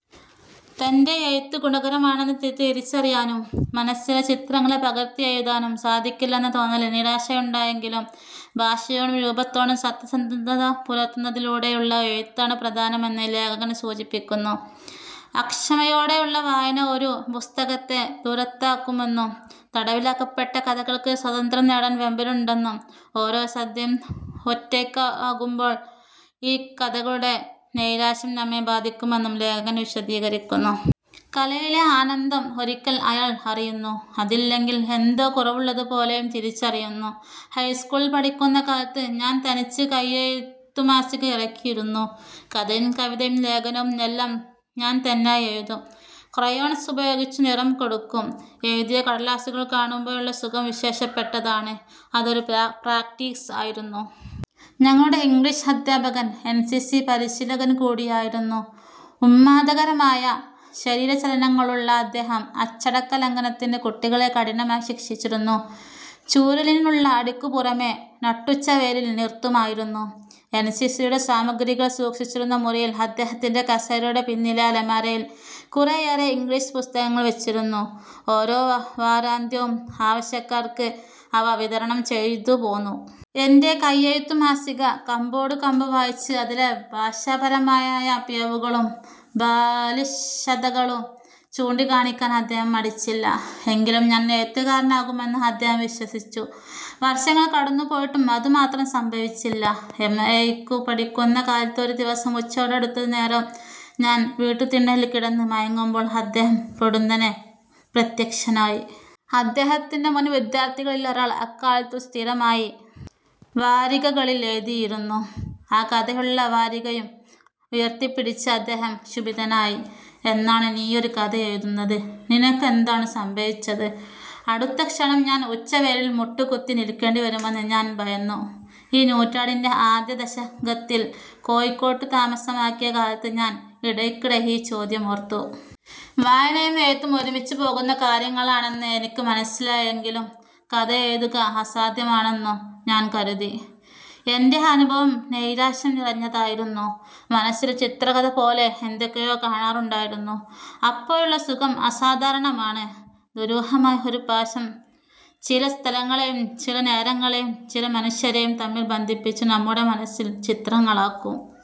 തൻ്റെ എഴുത്ത് ഗുണകരമാണെന്ന് തിരിച്ചറിയാനും, മനസ്സിലെ ചിത്രങ്ങളെ പകർത്തിയെഴുതാനും സാധിക്കില്ലെന്ന തോന്നലിൽ നിരാശയുണ്ടായെങ്കിലും, ഭാഷയോടും രൂപത്തോടും സത്യസന്ധത പുലർത്തുന്നതിലൂടെയുള്ള എഴുത്താണ് പ്രധാനമെന്ന് ലേഖകൻ സൂചിപ്പിക്കുന്നു. അക്ഷമയോടെയുള്ള വായന ഒരു പുസ്തകത്തെ ദൂരത്താക്കുമെന്നും, തടവിലാക്കപ്പെട്ട കഥകൾക്ക് സ്വാതന്ത്ര്യം നേടാൻ വെമ്പലുണ്ടെന്നും, ഓരോ സന്ധ്യയും ഒറ്റയ്ക്കാകുമ്പോൾ ഈ കഥകളുടെ നൈരാശ്യം നമ്മെ ബാധിക്കുമെന്നും ലേഖകൻ വിശദീകരിക്കുന്നു. കലയിലെ ആനന്ദം ഒരിക്കൽ അയാൾ അറിയുന്നു, അതില്ലെങ്കിൽ എന്തോ കുറവുള്ളതുപോലെയും തിരിച്ചറിയുന്നു. ഹൈസ്കൂളിൽ പഠിക്കുന്ന കാലത്ത് ഞാൻ തനിച്ച് കയ്യെഴുത്തുമാസിക ഇറക്കിയിരുന്നു. കഥയും കവിതയും ലേഖനവും എല്ലാം ഞാൻത്തന്നെ എഴുതും. ക്രയോൺസ് ഉപയോഗിച്ചു നിറം കൊടുക്കും. എഴുതിയ കടലാസുകൾ കാണുമ്പോഴുള്ള സുഖം വിശേഷപ്പെട്ടതാണ്. അതൊരു പ്രാക്ടീസ് ആയിരുന്നു. ഞങ്ങളുടെ ഇംഗ്ലിഷ് അധ്യാപകൻ എൻസിസി പരിശീലകൻ കൂടിയായിരുന്നു. ഉന്മാദകരമായ ശരീരചലനങ്ങളുള്ള അദ്ദേഹം അച്ചടക്കലംഘനത്തിന് കുട്ടികളെ കഠിനമായി ശിക്ഷിച്ചിരുന്നു. ചൂരലിനുള്ള അടിക്കു പുറമേ നട്ടുച്ചവെയിലിൽ നിർത്തുമായിരുന്നു. എൻസിസിയുടെ സാമഗ്രികൾ സൂക്ഷിച്ചിരുന്ന മുറിയിൽ, അദ്ദേഹത്തിന്റെ കസേരയുടെ പിന്നിലെ അലമാരയിൽ കുറെയേറെ ഇംഗ്ലിഷ് പുസ്തകങ്ങൾ വച്ചിരുന്നു. ഓരോ വാരാന്ത്യവും ആവശ്യക്കാർക്ക് അവ വിതരണം ചെയ്തുപോന്നു. എന്റെ കയ്യെഴുത്തുമാസിക കമ്പോടുകമ്പ് വായിച്ച് അതിലെ ഭാഷാപരമായ പിഴവുകളും ബാലിശതകളും ചൂണ്ടിക്കാണിക്കാൻ അദ്ദേഹം മടിച്ചില്ല. എങ്കിലും ഞാൻ എഴുത്തുകാരനാകുമെന്ന് അദ്ദേഹം വിശ്വസിച്ചു. വർഷങ്ങൾ കടന്നുപോയിട്ടും അതുമാത്രം സംഭവിച്ചില്ല. എംഎയ്ക്കു പഠിക്കുന്ന കാലത്ത് ഒരു ദിവസം ഉച്ചയോടടുത്തനേരം ഞാൻ വീട്ടുതിണ്ണയിൽ കിടന്ന് മയങ്ങുമ്പോൾ, അദ്ദേഹം പൊടുന്നനെ പ്രത്യക്ഷനായി. അദ്ദേഹത്തിന്റെ മുൻവിദ്യാർഥികളിലൊരാൾ അക്കാലത്തു സ്ഥിരമായി വാരികകളിൽ എഴുതിയിരുന്നു. ആ കഥയുള്ള വാരികയും ഉയർത്തിപ്പിടിച്ച് അദ്ദേഹം ക്ഷുഭിതനായി, 'എന്നാണു നീയൊരു കഥ എഴുതുന്നത്? നിനക്കെന്താണു സംഭവിച്ചത്? ' അടുത്ത ക്ഷണം ഞാൻ ഉച്ചവെയിലിൽ മുട്ടുകുത്തി നിൽക്കേണ്ടി വരുമെന്ന് ഞാൻ ഭയന്നു. ഈ നൂറ്റാണ്ടിന്റെ ആദ്യ ദശകത്തിൽ കോഴിക്കോട്ടു താമസമാക്കിയ കാലത്ത് ഞാൻ ഇടയ്ക്കിടെ ഈ ചോദ്യമോർത്തു. വായനയും എഴുത്തും ഒരുമിച്ചു പോകുന്ന കാര്യങ്ങളാണെന്ന് എനിക്ക് മനസ്സിലായെങ്കിലും കഥ എഴുതുക അസാധ്യമാണെന്നു ഞാൻ കരുതി. എന്റെ അനുഭവം നൈരാശ്യം നിറഞ്ഞതായിരുന്നു. മനസ്സിൽ ചിത്രകഥ പോലെ എന്തൊക്കെയൊ കാണാറുണ്ടായിരുന്നു. അപ്പോഴുള്ള സുഖം അസാധാരണമാണ്. ദുരൂഹമായ ഒരുപാശം ചില സ്ഥലങ്ങളെയും ചില നേരങ്ങളെയും ചില മനുഷ്യരെയും തമ്മിൽ ബന്ധിപ്പിച്ചു നമ്മുടെ മനസ്സിൽ ചിത്രങ്ങളാക്കും.